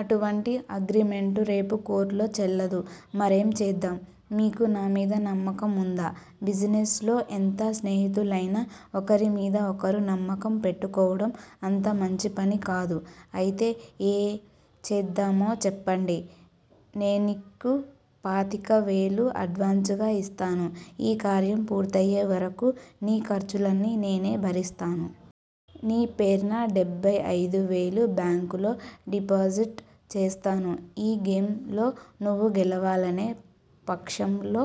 అటువంటి అగ్రిమెంటు రేపు కోర్టులో చెల్లదు. మరేం చేద్దాం? మీకు నా మీద నమ్మకం వుందా? బిజినెస్ లో ఎంత స్నేహితులైనా ఒకరిమీద ఒకరు నమ్మకం పెట్టుకోవడం అంత మంచిపని కాదు. అయితే ఏం చేద్దామో చెప్పండి! నేన్నీకు పాతికవేలు అడ్వాన్సుగా ఇస్తాను. ఈ కార్యం పూర్తయ్యేవరకూ నీ ఖర్చులన్నీ నేనే భరిస్తాను. నీ పేర్న డెబ్భై అయిదువేలు బ్యాంకులో డిపాజిట్ చేస్తాను. ఈ గేమ్ లో నువ్వు గెలవని పక్షంలో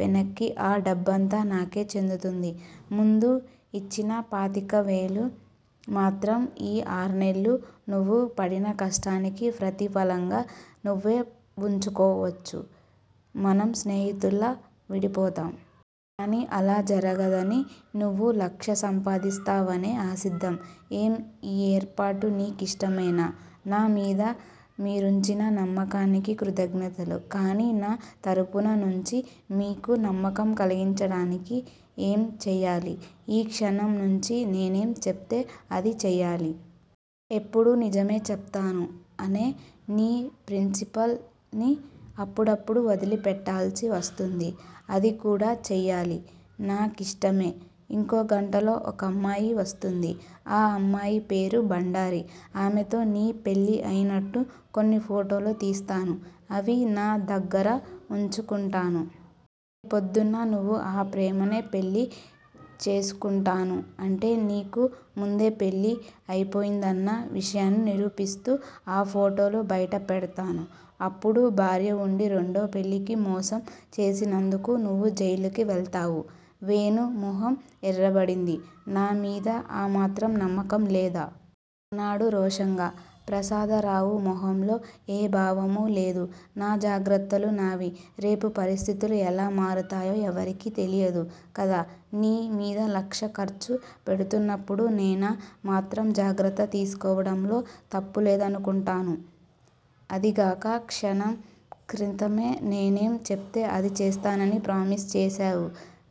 వెనక్కి ఆ డబ్బంతా నాకే చెందుతుంది. ముందు ఇచ్చిన పాతికవేలు మాత్రం ఈ ఆర్నెల్లు నువ్వు పడిన కష్టానికి ప్రతిఫలంగా నువ్వే వుంచుకోవచ్చు. మనం స్నేహితుల్లా విడిపోతాం. కానీ అలా జరగదనీ, నువ్వు లక్షా సంపాదిస్తావనే ఆశిద్దాం. ఏం, ఈ ఏర్పాటు నీ కిష్టమేనా? నా మీద మీరుంచిన నమ్మకానికి కృతజ్ఞతలు. కానీ నా తరపు నుంచి మీకు నమ్మకం కలిగించటానికి ఏం చెయ్యాలి? ఈ క్షణం నుంచీ నేనేం చెప్తే అది చెయ్యాలి. ఎప్పుడూ నిజమే చెప్తాను అనే నీ ప్రిన్సిపుల్ ని అప్పుడప్పుడు వదిలిపెట్టాల్సి వస్తుంది అది కూడా చెయ్యాలి. నా కిష్టమే ఇంకో గంటలో ఒకమ్మాయి వస్తుంది. ఆ అమ్మాయి పేరు బండారి ఆమెతో నీ పెళ్ళి అయినట్టు కొన్ని ఫోటోలు తీస్తాను. అవి నా దగ్గిర వుంచుకుంటాను. ప్రొద్దున్న నువ్వు ఆ ప్రేమనే పెళ్ళి చేసుకొంటానూ- అంటే నీకు ముందే పెళ్ళి అయిపోయిందన్న విషయాన్ని నిరూపిస్తూ, ఆ ఫోటోలు బైట పెడ్తాను. అప్పుడు భార్య వుండీ రెండో పెళ్ళికి మోసం చేసినందుకు నువ్వు జైలుకి వెళ్తావు వేణు మొహం ఎర్రబడింది. నా మీద ఆ మాత్రం నమ్మకం లేదా? అన్నాడు రోషంగా. ప్రసాదరావు మొహంలో ఏ భావమూ లేదు. నా జాగ్రత్తలు నావి. రేపు పరిస్థితులు ఎలా మారతాయో ఎవరికీ తెలియదు కదా! నీ మీద లక్ష ఖర్చు పెడుతున్నప్పుడు నేనా మాత్రం జాగ్రత్త తీసుకోవటంలో తప్పులేదనుకొంటాను. అదీగాక క్షణం క్రితమే నేనేం చెప్తే అది చేస్తానని ప్రామిస్ చేశావు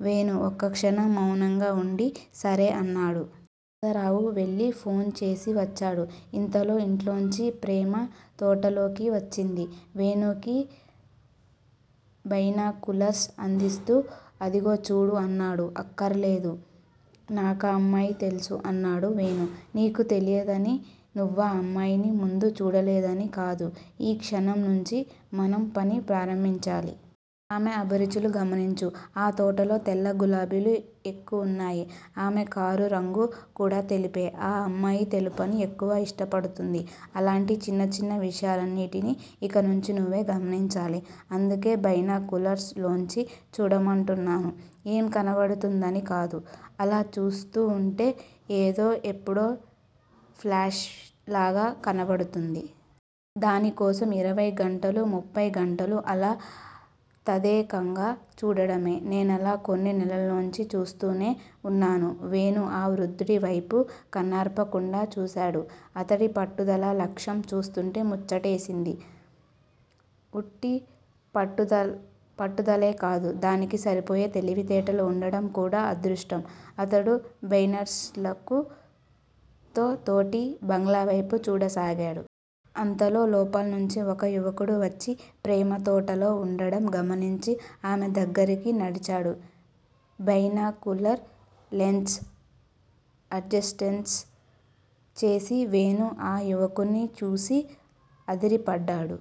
వేణు ఒక క్షణం మౌనంగా వుండి, సరే అన్నాడు. ప్రసాదరావు వెళ్ళి ఫోన్ చేసి వచ్చాడు. ఇంతలో ఇంట్లోంచి ప్రేమ తోటలోకి వచ్చింది. వేణుకి బైనాక్యులర్స్ అందిస్తూ, అదిగో చూడు అన్నాడు. అక్కరలేదు, నాకా అమ్మాయి తెలుసు అన్నాడు వేణు. నీకు తెలీదనీ, నువ్వా అమ్మాయిని ముందు చూడలేదనీ కాదు. ఈ క్షణంనుంచే మనం పని ప్రారంభించాలి. ఆమె అభిరుచులు గమనించు. ఆ తోటలో తెల్ల గులాబీలు ఎక్కువున్నాయి. ఆమె కారు రంగు కూడా తెలుపే. ఆ అమ్మాయి తెలుపుని ఎక్కువ ఇష్టపడుతుంది. ఇలాంటి చిన్న చిన్న విషయాలన్నిటినీ ఇక నుంచి నువ్వే గమనించాలి. అందుకే బైనాక్యులర్స్ లోంచి చూడమంటున్నాను. ఏం కనబడుతుందని కాదు_ అలా చూస్తూ వుంటే ఏదో ఎప్పుడో ప్లాష్ లాగా కనబడుతుంది. దానికోసం ఇరవై గంటలు_ ముప్పై గంటలు అలా తదేకంగా చూడటమే. నేనలా కొన్ని నెలల్నుంచీ చూస్తూనే వున్నాను. వేణూ ఆ వృద్ధుడివైపు కన్నార్పకుండా చూశాడు అతడి పట్టుదలా, లక్ష్యం చూస్తూంటే ముచ్చటేసింది. ఉట్టి పట్టుదలేకాదు, దానికి సరిపోయే తెలివితేటలు వుండటం కూడా అదృష్టం. అతడు బైనాలర్స్ తో ఎదుటి బంగ్లావైపు చూడసాగేడు. అంతలో లోపల్నుంచి ఒక యువకుడు వచ్చి ప్రేమ తోటలో వుండటం గమనించి ఆమె దగ్గరికి నడిచాడు. బైనాక్యులర్ లెన్స్ అడ్జెస్టు చేసి వేణు ఆ యువకుడ్ని చూసి అదిరిపడ్డాడు.